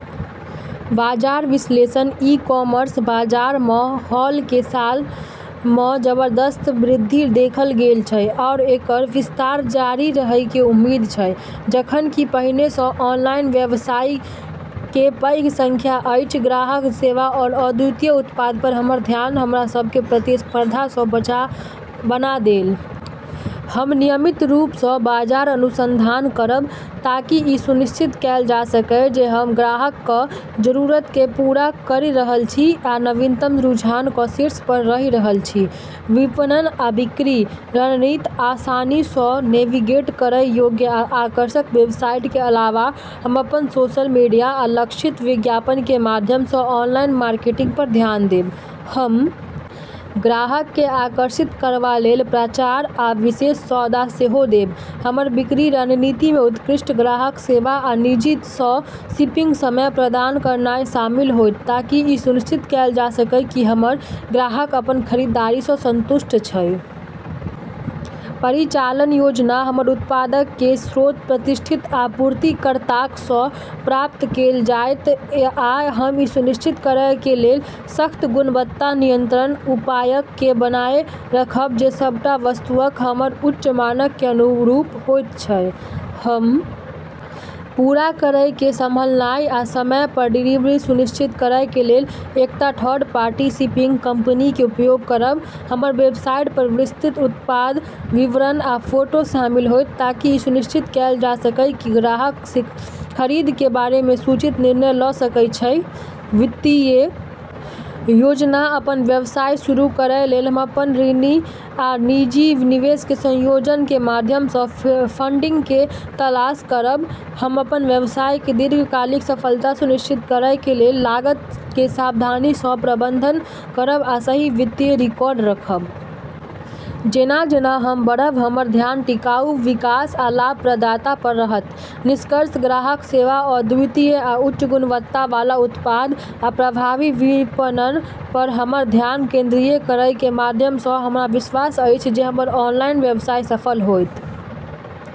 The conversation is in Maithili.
बाजार विश्लेषण ई कॉमर्स बाजार मऽ हाल के सालऽ मऽ जबरदस्त वृद्धि देखल गेल छै आरू एकरऽ विस्तार जारी रहै के उम्मीद छै। जखन कि पहिने सऽ ऑनलाइन व्यवसाय के पैघ संख्या अछि ग्राहक सेवा आओर अद्वितीय उत्पाद पर हमर ध्यान हमरा सभ के प्रतिस्पर्धा सऽ अलग बना देत । हम नियमित रूप स बाजार अनुसंधान करब ताकि इ सुनिश्चित कैल जा सकए जे हम ग्राहक कऽ जरूरत कए पूरा करि रहल छी आ नवीनतम रुझान कऽ शीर्ष पर रहि रहल छी। विपणन आ बिक्री रणनीत आसानी सऽ नेविगेट करय योग्य आ आकर्षक वेबसाइट के अलावा हम सोशल मीडिया आ लक्षित विज्ञापन के माध्यम सऽ ऑनलाइन मार्केटिंग पर ध्यान देब ।हम ग्राहक के आकर्षित करबा लेल प्रचार आ विशेष सौदा सेहो देब। हमर बिक्री रणनीति मे उत्कृष्ट ग्राहक सेवा आ तेजी सऽ शिपिंग समय प्रदान करनाय शामिल होयत ताकि इ सुनिश्चित कैल जा सकय कि हमर ग्राहक अपन खरीदारी सऽ संतुष्ट छै । परिचालन योजना हमर उत्पादक के स्रोत प्रतिष्ठित आपूर्तिकर्ताक सऽ प्राप्त कैल जेतय आ हम इ सुनिश्चित करय के लेल सख्त गुणवत्ता नियंत्रण उपायक के बनाए रखब जे सबटा वस्तुअक हमर उच्च मानक के अनुरूप होयत छै ।हम पूरा करय के संभालनाय आ समय पर डिलीवरी सुनिश्चित करय के लेल एकटा थर्ड पार्टी शिपिंग कंपनी के उपयोग करब ।हमर वेबसाइट पर विस्तृत उत्पाद विवरण आ फोटो शामिल होयत ताकि इ सुनिश्चित कैल जा सकय कि ग्राहक खरीद के बारे मे सूचित निर्णय ल सकय छै ।वित्तीय योजना अपन व्यवसाय शुरू करय लेल हम ऋण आ निजी निवेश के संयोजन के माध्यम सं फंडिंग के तलाश करब। हम अपन व्यवसाय के दीर्घकालिक सफलता सुनिश्चित करय के लेल लागत के सावधानी सं प्रबंधन करब आ सही वित्तीय रिकॉर्ड रखब । जेना जेना हम बढ़ब, हमर ध्यान टिकाऊ विकास आ लाभप्रदता पर रहत। निष्कर्ष ग्राहक सेवा, अद्वितीय आ उच्च गुणवत्ता वाला उत्पाद, आ प्रभावी विपणन पर हमर ध्यान केंद्रित करय के माध्यम सऽ हमरा विश्वास अछि जे हमर ऑनलाइन व्यवसाय सफल होयत l